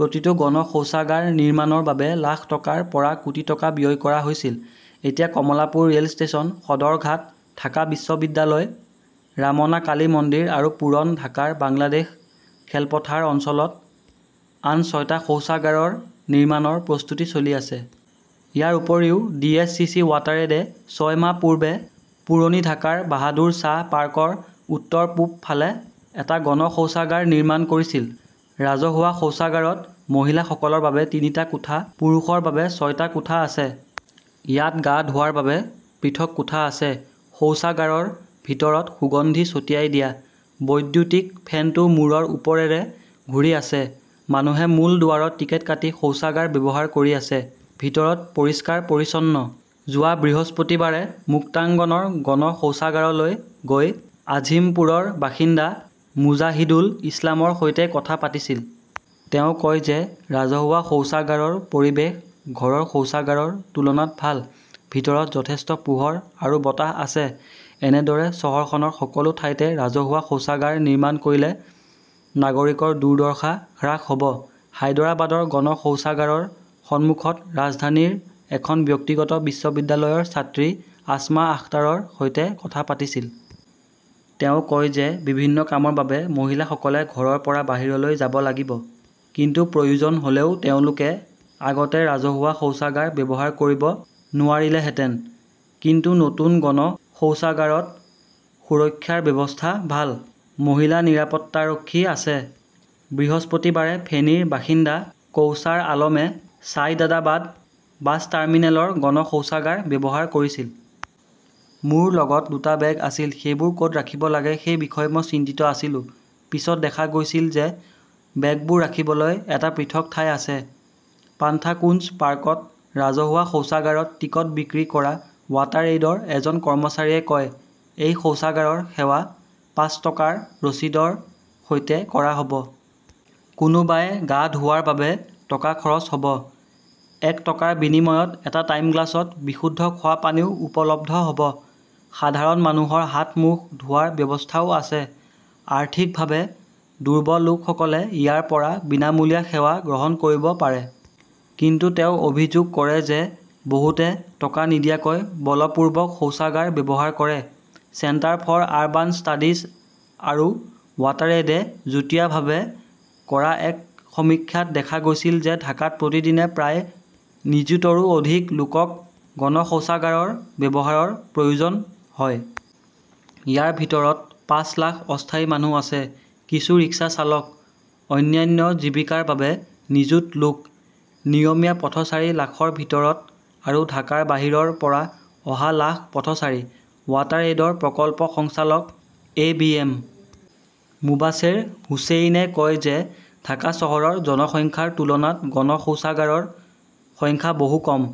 প্ৰতিটো গণ শৌচাগাৰ নিৰ্মাণৰ বাবে লাখ টকাৰ পৰা কোটি টকা ব্যয় কৰা হৈছিল। এতিয়া কমলাপুৰ ৰেল ষ্টেচন, সদৰঘাট, ঢাকা বিশ্ববিদ্যালয়, ৰামনা কালী মন্দিৰ আৰু পুৰণ ঢাকাৰ বাংলাদেশ খেলপথাৰ অঞ্চলত আন ছয়টা শৌচাগাৰৰ নিৰ্মাণৰ প্ৰস্তুতি চলি আছে। ইয়াৰ উপৰিও, ডি. এছ. চি. চি. ৱাটাৰএডে ছয় মাহ পূৰ্বে পুৰণি ঢাকাৰ বাহাদুৰ শ্বাহ পাৰ্কৰ উত্তৰ-পূব ফালে এটা গণ শৌচাগাৰ নিৰ্মাণ কৰিছিল। ৰাজহুৱা শৌচাগাৰত মহিলাসকলৰ বাবে তিনিটা কোঠা, পুৰুষৰ বাবে ছয়টা কোঠা আছে। ইয়াত গা ধোৱাৰ বাবে পৃথক কোঠা আছে। শৌচাগাৰৰ ভিতৰত সুগন্ধি ছটিয়াই দিয়া। বৈদ্যুতিক ফেনটো মূৰৰ ওপৰেৰে ঘূৰি আছে। মানুহে মূল দুৱাৰত টিকট কাটি শৌচাগাৰ ব্যৱহাৰ কৰি আছে। ভিতৰত পৰিষ্কাৰ-পৰিচ্ছন্ন। যোৱা বৃহস্পতিবাৰে মুক্তাংগনৰ গণ শৌচাগাৰলৈ গৈ আজিমপুৰৰ বাসিন্দা মুজাহিদুল ইছলামৰ সৈতে কথা পাতিছিল। তেওঁ কয় যে ৰাজহুৱা শৌচাগাৰৰ পৰিৱেশ ঘৰৰ শৌচাগাৰৰ তুলনাত ভাল। ভিতৰত যথেষ্ট পোহৰ আৰু বতাহ আছে। এনেদৰে চহৰখনৰ সকলো ঠাইতে ৰাজহুৱা শৌচাগাৰ নিৰ্মাণ কৰিলে নাগৰিকৰ দুৰ্দশা হ্ৰাস হ ব। হায়দৰাবাদৰ গণ শৌচাগাৰৰ সন্মুখত ৰাজধানীৰ এখন ব্যক্তিগত বিশ্ববিদ্যালয়ৰ ছাত্ৰী আছমা আখতাৰৰ সৈতে কথা পাতিছিল। তেওঁ কয় যে বিভিন্ন কামৰ বাবে মহিলাসকলে ঘৰৰ পৰা বাহিৰলৈ যাব লাগিব। কিন্তু প্ৰয়োজন হ'লেও তেওঁলোকে আগতে ৰাজহুৱা শৌচাগাৰ ব্যৱহাৰ কৰিব নোৱাৰিলেহেঁতেন। কিন্তু নতুন গণ শৌচাগাৰত সুৰক্ষাৰ ব্যৱস্থা ভাল। মহিলা নিৰাপত্তাৰক্ষী আছে। বৃহস্পতিবাৰে ফেনীৰ বাসিন্দা কৌচাৰ আলমে ছাইদাদাবাদ বাছ টাৰ্মিনেলৰ গণ শৌচাগাৰ ব্যৱহাৰ কৰিছিল। মোৰ লগত দুটা বেগ আছিল। সেইবোৰ ক'ত ৰাখিব লাগে সেই বিষয়ে মই চিন্তিত আছিলো। পিছত দেখা গৈছিল যে, বেগবোৰ ৰাখিবলৈ এটা পৃথক ঠাই আছে। পান্থাকুঞ্জ পাৰ্কত ৰাজহুৱা শৌচাগাৰত টিকট বিক্ৰী কৰা ৱাটাৰএইডৰ এজন কৰ্মচাৰীয়ে কয়, এই শৌচাগাৰৰ সেৱা পাঁচ টকাৰ ৰচিদৰ সৈতে কৰা হ'ব। কোনোবাই গা ধোৱাৰ বাবে টকা খৰচ হ'ব। এক টকাৰ বিনিময়ত এটা টাইমগ্লাছত বিশুদ্ধ খোৱা পানীও উপলব্ধ হ'ব। সাধাৰণ মানুহৰ হাত-মুখ ধোৱাৰ ব্যৱস্থাও আছে। আৰ্থিকভাৱে দুৰ্বল লোকসকলে ইয়াতৰ পৰা বিনামূলীয়া সেৱা গ্ৰহণ কৰিব পাৰে। কিন্তু তেওঁ অভিযোগ কৰে যে, বহুতে টকা নিদিয়াকৈ বলপূৰ্বক শৌচাগাৰ ব্যৱহাৰ কৰে। চেণ্টাৰ ফৰ আৰবান ষ্টাডিজ আৰু ৱাটাৰএডে যুটীয়াভাৱে কৰা এক সমীক্ষাত দেখা গৈছিল যে ঢাকাত প্ৰতিদিনে প্ৰায় নিযুতৰো অধিক লোকক গণ শৌচাগাৰৰ ব্যৱহাৰৰ প্ৰয়োজন হয়। ইয়াৰ ভিতৰত পাঁচ লাখ অস্থায়ী মানুহ আছে, কিছু ৰিক্সা চালক। অন্যান্য জীৱিকাৰ বাবে নিযুত লোক। নিয়মীয়া পথচাৰী লাখৰ ভিতৰত আৰু ঢাকাৰ বাহিৰৰ পৰা অহা লাখ পথচাৰী। ৱাটাৰ এইডৰ প্ৰকল্প সঞ্চালক এ. বি. এম. মোবাশ্বেৰ হুচেইনে কয় যে ঢাকা চহৰৰ জনসংখ্যাৰ তুলনাত গণ শৌচাগাৰৰ সংখ্যা বহু কম।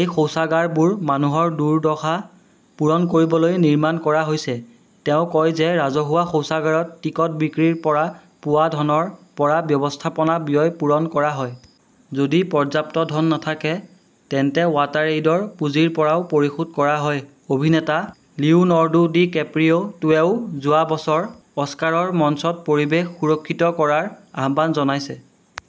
এই শৌচাগাৰবোৰ মানুহৰ দুৰ্দশা পূৰণ কৰিবলৈ নিৰ্মাণ কৰা হৈছে। তেওঁ কয় যে ৰাজহুৱা শৌচাগাৰত টিকট বিক্ৰীৰ পৰা পোৱা ধনৰ পৰা ব্যৱস্থাপনা ব্যয় পূৰণ কৰা হয়। যদি পৰ্যাপ্ত ধন নাথাকে তেন্তে ৱাটাৰএইডৰ পুঁজিৰ পৰাও পৰিশোধ কৰা হয়। অভিনেতা লিওনৰ্ডো ডি কেপ্ৰিঅ "টোৱেও যোৱা বছৰ অস্কাৰৰ মঞ্চত পৰিৱেশ সুৰক্ষিত কৰাৰ আহ্বান জনাইছে।